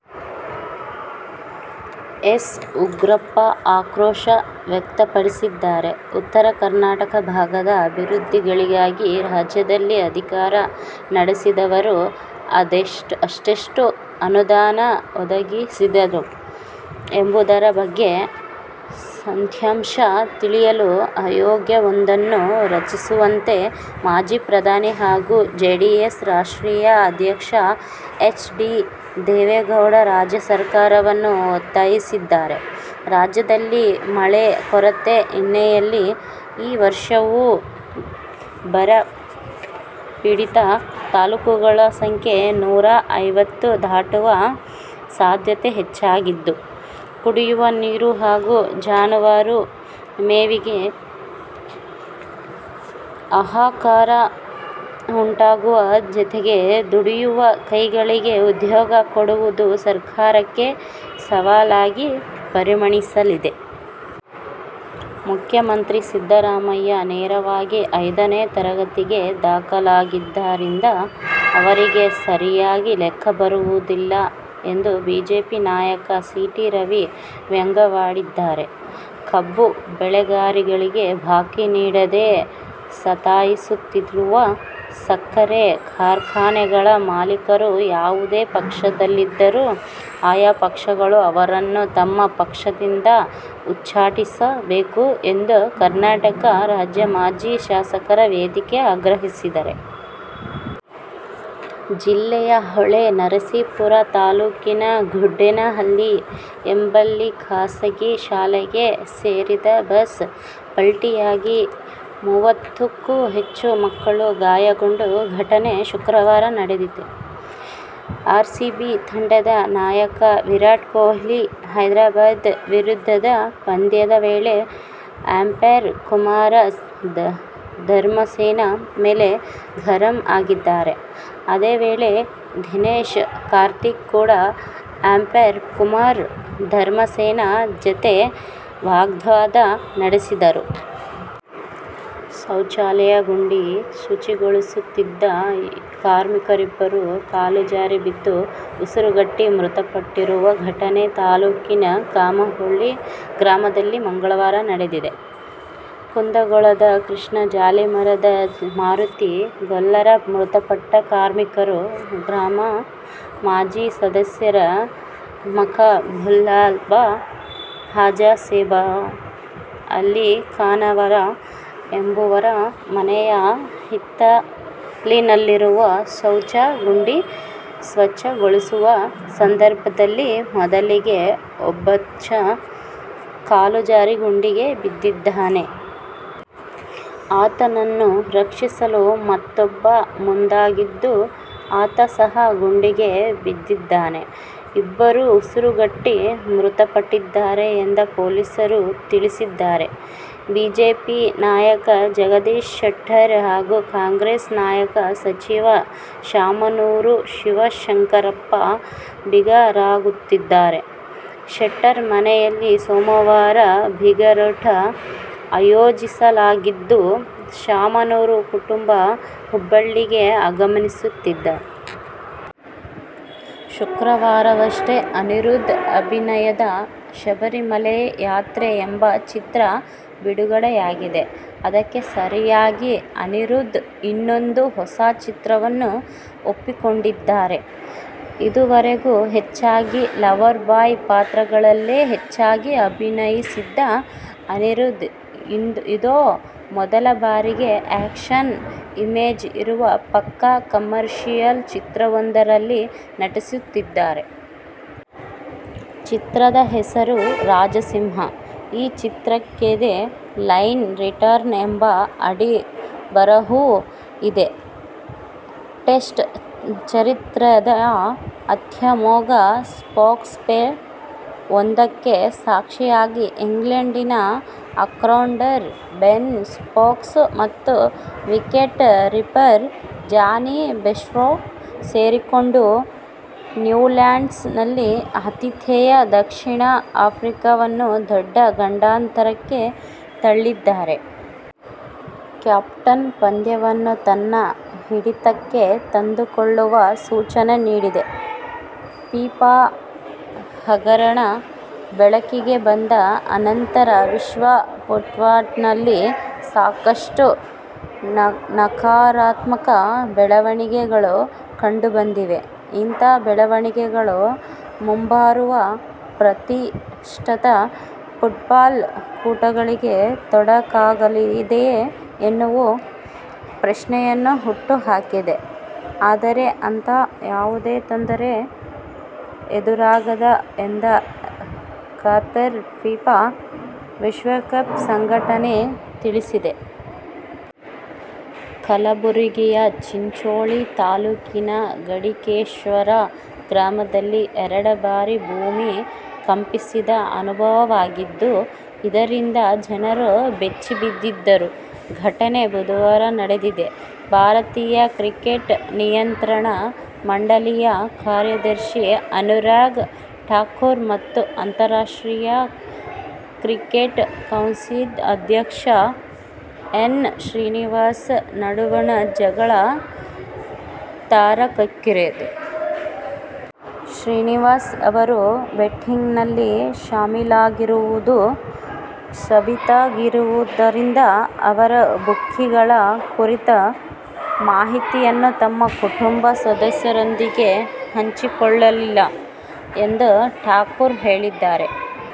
S. Ugrappa ಆಕ್ರೋಶ ವ್ಯಕ್ತಪಡಿಸಿದ್ದಾರೆ. ಉತ್ತರ ಕರ್ನಾಟಕ ಭಾಗದ ಅಭಿವೃದ್ಧಿಗಳಿಗಾಗಿ ರಾಜ್ಯದಲ್ಲಿ ಅಧಿಕಾರ ನಡೆಸಿದವರು ಎಷ್ಟೆಷ್ಟು ಅನುದಾನ ಒದಗಿಸಿದ್ದರು ಎಂಬುದರ ಬಗ್ಗೆ ಸತ್ಯಾಂಶ ತಿಳಿಯಲು ಆಯೋಗವೊಂದನ್ನು ರಚಿಸುವಂತೆ ಮಾಜಿ ಪ್ರಧಾನಿ ಹಾಗೂ ಜೆಡಿಎಸ್ ರಾಷ್ಟ್ರೀಯ ಅಧ್ಯಕ್ಷ ಎಚ್. ಡಿ. ದೇವೇಗೌಡ ರಾಜ್ಯ ಸರ್ಕಾರವನ್ನು ಒತ್ತಾಯಿಸಿದ್ದಾರೆ. ರಾಜ್ಯದಲ್ಲಿ ಮಳೆ ಕೊರತೆ ಹಿನ್ನೆಲೆಯಲ್ಲಿ ಈ ವರ್ಷವೂ ಬರಪೀಡಿತ ತಾಲೂಕುಗಳ ಸಂಖ್ಯೆ ನೂರಾ ಐವತ್ತು ದಾಟುವ ಸಾಧ್ಯತೆ ಹೆಚ್ಚಾಗಿದ್ದು, ಕುಡಿಯುವ ನೀರು ಹಾಗೂ ಜಾನುವಾರು ಮೇವಿಗೆ ಹಾಹಾಕಾರ ಉಂಟಾಗುವ ಜತೆಗೆ ದುಡಿಯುವ ಕೈಗಳಿಗೆ ಉದ್ಯೋಗ ಕೊಡುವುದು ಸರ್ಕಾರಕ್ಕೆ ಸವಾಲಾಗಿ ಪರಿಣಮಿಸಲಿದೆ. ಮುಖ್ಯಮಂತ್ರಿ ಸಿದ್ದರಾಮಯ್ಯ ನೇರವಾಗಿ ಐದನೇ ತರಗತಿಗೆ ದಾಖಲಾಗಿದ್ದರಿಂದ ಅವರಿಗೆ ಸರಿಯಾಗಿ ಲೆಕ್ಕಬರುವುದಿಲ್ಲ ಎಂದು ಬಿಜೆಪಿ ನಾಯಕ ಸಿ. ಟಿ. ರವಿ ವ್ಯಂಗ್ಯವಾಡಿದ್ದಾರೆ. ಕಬ್ಬು ಬೆಳೆಗಾರರಿಗೆ ಬಾಕಿ ನೀಡದೆ ಸತಾಯಿಸುತ್ತಿರುವ ಸಕ್ಕರೆ ಕಾರ್ಖಾನೆಗಳ ಮಾಲೀಕರು ಯಾವುದೇ ಪಕ್ಷದಲ್ಲಿದ್ದರೂ ಆಯಾ ಪಕ್ಷಗಳು ಅವರನ್ನು ತಮ್ಮ ಪಕ್ಷದಿಂದ ಉಚ್ಚಾಟಿಸಬೇಕು ಎಂದು ಕರ್ನಾಟಕ ರಾಜ್ಯ ಮಾಜಿ ಶಾಸಕರ ವೇದಿಕೆ ಆಗ್ರಹಿಸಿದೆ. ಜಿಲ್ಲೆಯ ಹೊಳೆನರಸಿಪುರ ತಾಲೂಕಿನ ಗುಡ್ಡೇನಹಳ್ಳಿ ಎಂಬಲ್ಲಿಖಾಸಗಿ ಶಾಲೆಗೆ ಸೇರಿದ ಬಸ್ ಪಲ್ಟಿಯಾಗಿ ಮುವತ್ತು ಕ್ಕೂ ಹೆಚ್ಚು ಮಕ್ಕಳು ಗಾಯಗೊಂಡ ಘಟನೆ ಶುಕ್ರವಾರ ನಡೆದಿದೆ. ಆರ್ಸಿಬಿ ತಂಡದ ನಾಯಕ ವಿರಾಟ್ ಕೊಹ್ಲಿ ಹೈದ್ರಾಬಾದ್ ವಿರುದ್ಧದ ಪಂದ್ಯದ ವೇಳೆ ಅಂಪೈರ್ ಕುಮಾರ ಧರ್ಮಸೇನಾ ಮೇಲೆ ಗರಂ ಆಗಿದ್ದಾರೆ. ಇದೇ ವೇಳೆ ದಿನೇಶ್ ಕಾರ್ತಿಕ್ ಕೂಡ ಅಂಪೈರ್ ಕುಮಾರ ಧರ್ಮಸೇನಾ ಜತೆ ವಾಗ್ವಾದ ನಡೆಸಿದರು. ಶೌಚಾಲಯ ಗುಂಡಿ ಶುಚಿಗೊಳಿಸುತ್ತಿದ್ದ ಕಾರ್ಮಿಕರಿಬ್ಬರು ಕಾಲುಜಾರಿ ಬಿದ್ದು ಉಸಿರುಗಟ್ಟಿ ಮೃತಪಟ್ಟಿರುವ ಘಟನೆ ತಾಲೂಕಿನ ಕಮಡೊಳ್ಳಿ ಗ್ರಾಮದಲ್ಲಿ ಮಂಗಳವಾರ ನಡೆದಿದೆ. ಕುಂದಗೋಳದ ಕೃಷ್ಣ ಜಾಲಿಮರದ, ಮಾರುತಿ ಗೊಲ್ಲರ ಮೃತಪಟ್ಟ ಕಾರ್ಮಿಕರು. ಗ್ರಾಪಂ ಮಾಜಿ ಸದಸ್ಯ ಮಕಬುಲ್ಸಾಬ ಹಜರೇಸಾಬ ಅಲ್ಲಿಖಾನವರ ಎಂಬುವರ ಮನೆಯ ಹಿತ್ತಲಿನಲ್ಲಿರುವ ಶೌಚ ಗುಂಡಿ ಸ್ವತ್ಛಗೊಳಿಸುವ ಸಂದರ್ಭದಲ್ಲಿ ಮೊದಲಿಗೆ ಒಬ್ಟಾತ ಕಾಲುಜಾರಿ ಗುಂಡಿಗೆ ಬಿದ್ದಿದ್ದಾನೆ. ಆತನನ್ನು ರಕ್ಷಿಸಲು ಮತ್ತೂಬ್ಬ ಮುಂದಾಗಿದ್ದು, ಆತ ಸಹ ಗುಂಡಿಗೆ ಬಿದ್ದಿದ್ದಾನೆ. ಇಬ್ಬರೂ ಉಸಿರುಗಟ್ಟಿ ಮೃತಪಟ್ಟಿದ್ದಾರೆ ಎಂದು ಪೊಲೀಸರು ತಿಳಿಸಿದ್ದಾರೆ. ಬಿಜೆಪಿ ನಾಯಕ ಜಗದೀಶ ಶೆಟ್ಟರ್ ಹಾಗೂ ಕಾಂಗ್ರೆಸ್ ನಾಯಕ, ಸಚಿವ ಶಾಮನೂರು ಶಿವಶಂಕರಪ್ಪ ಬೀಗರಾಗುತ್ತಿದ್ದಾರೆ. ಶೆಟ್ಟರ್ ಮನೆಯಲ್ಲಿ ಸೋಮವಾರ ಬೀಗರೂಟ ಆಯೋಜಿಸಲಾಗಿದ್ದು, ಶಾಮನೂರು ಕುಟುಂಬ ಹುಬ್ಬಳ್ಳಿಗೆ ಆಗಮಿಸುತ್ತಿದೆ. ಶುಕ್ರವಾರವಷ್ಟೇ ಅನಿರುದ್ಧ್ ಅಭಿನಯದ ಶಬರಿಮಲೆ ಯಾತ್ರೆ ಎಂಬ ಚಿತ್ರ ಬಿಡುಗಡೆಯಾಗಿದೆ. ಅದಕ್ಕೆ ಸರಿಯಾಗಿ ಅನಿರುದ್ಧ್ ಇನ್ನೊಂದು ಹೊಸ ಚಿತ್ರವನ್ನು ಒಪ್ಪಿಕೊಂಡಿದ್ದಾರೆ. ಇದುವರೆಗೂ ಹೆಚ್ಚಾಗಿ ಲವ್ವರ್ ಬಾಯ್ ಪಾತ್ರಗಳಲ್ಲೇ ಹೆಚ್ಚಾಗಿ ಅಭಿನಯಿಸಿದ್ದ ಅನಿರುದ್ಧ್, ಇದೋ ಮೊದಲ ಬಾರಿಗೆ ಆ್ಯಕ್ಷನ್ ಇಮೇಜ್ ಇರುವ ಪಕ್ಕಾ ಕಮರ್ಷಿಯಲ್ ಚಿತ್ರವೊಂದರಲ್ಲಿ ನಟಿಸುತ್ತಿದ್ದಾರೆ. ಚಿತ್ರದ ಹೆಸರು ರಾಜ ಸಿಂಹ. ಈ ಚಿತ್ರಕ್ಕೆ ದಿ ಲೈನ್ ರಿಟರ್ನ್ಸ್ ಎಂಬ ಅಡಿಬರಹವೂ ಇದೆ. ಟೆಸ್ಟ್ ಚರಿತ್ರೆಯ ಅತ್ಯಮೋಘ ಸ್ಟ್ರೋಕ್ಸ್ ಪ್ಲೇ ಒಂದಕ್ಕೆ ಸಾಕ್ಷಿಯಾದ ಇಂಗ್ಲೆಂಡಿನ ಆಲ್ರೌಂಡರ್ ಬೆನ್ ಸ್ಟೋಕ್ಸ್ ಮತ್ತು ವಿಕೆಟ್ ಕೀಪರ್ ಜಾನಿ ಬೇರ್ಸ್ಟೊ ಸೇರಿಕೊಂಡು ನ್ಯೂಲ್ಯಾಂಡ್ಸ್ ನಲ್ಲಿ ಆತಿಥೇಯ ದಕ್ಷಿಣ ಆಫ್ರಿಕಾವನ್ನು ದೊಡ್ಡ ಗಂಡಾಂತರಕ್ಕೆ ತಳ್ಳಿದ್ದಾರೆ. ಕೇಪ್ಟೌನ್ ಪಂದ್ಯವನ್ನೂ ತನ್ನ ಹಿಡಿತಕ್ಕೆ ತಂದುಕೊಳ್ಳುವ ಸೂಚನೆ ನೀಡಿದೆ. ಫಿಫಾ ಹಗರಣ ಬೆಳಕಿಗೆ ಬಂದ ಅನಂತರ ವಿಶ್ವ ಫುಟ್ಬಾಲ್ನಲ್ಲಿ ಸಾಕಷ್ಟು ನಕಾರಾತ್ಮಕ ಬೆಳವಣಿಗೆಗಳು ಕಂಡುಬಂದಿವೆ. ಇಂಥ ಬೆಳವಣಿಗೆಗಳು ಮುಂಬರುವ ಪ್ರತಿಷ್ಠಿತ ಫುಟ್ಬಾಲ್ ಕೂಟಗಳಿಗೆ ತೊಡಕಾಗಲಿದೆಯೇ ಎನ್ನುವ ಪ್ರಶ್ನೆಯನ್ನು ಹುಟ್ಟು ಹಾಕಿದೆ. ಆದರೆ ಅಂಥ ಯಾವುದೇ ತೊಂದರೆ ಎದುರಾಗದು ಎಂದು ಕತಾರ್ ಫಿಫಾ ವಿಶ್ವಕಪ್ ಸಂಘಟನೆ ತಿಳಿಸಿದೆ. ಕಲಬುರಗಿಯ ಚಿಂಚೋಳಿ ತಾಲೂಕಿನ ಗಡಿಕೇಶ್ವರ ಗ್ರಾಮದಲ್ಲಿ ಎರಡು ಬಾರಿ ಭೂಮಿ ಕಂಪಿಸಿದ ಅನುಭವವಾಗಿದ್ದು, ಇದರಿಂದ ಜನರು ಬೆಚ್ಚಿಬಿದ್ದಿರುವ ಘಟನೆ ಬುಧವಾರ ನಡೆದಿದೆ. ಭಾರತೀಯ ಕ್ರಿಕೆಟ್ ನಿಯಂತ್ರಣ ಮಂಡಲಿಯ ಕಾರ್ಯದರ್ಶಿ ಅನುರಾಗ್ ಠಾಕೂರ್ ಮತ್ತು ಅಂತಾರಾಷ್ಟ್ರೀಯ ಕ್ರಿಕೆಟ್ ಕೌನ್ಸಿಲ್ ಅಧ್ಯಕ್ಷ ಎನ್. ಶ್ರೀನಿವಾಸನ್ ನಡುವಣ ಜಗಳ ತಾರಕಕ್ಕೇರಿದೆ. ಶ್ರೀನಿವಾಸನ್ ಅವರು ಬೆಟ್ಟಿಂಗ್ನಲ್ಲಿ ಶಾಮೀಲಾಗಿರುವುದು ಸಾಬೀತಾಗಿರುವುದರಿಂದ ಅವರು ಬುಕ್ಕಿಗಳ ಕುರಿತ ಮಾಹಿತಿಯನ್ನು ತಮ್ಮ ಕುಟುಂಬ ಸದಸ್ಯರೊಂದಿಗೆ ಹಂಚಿಕೊಳ್ಳಲಿ ಎಂದು ಠಾಕೂರ್ ಹೇಳಿದ್ದಾರೆ.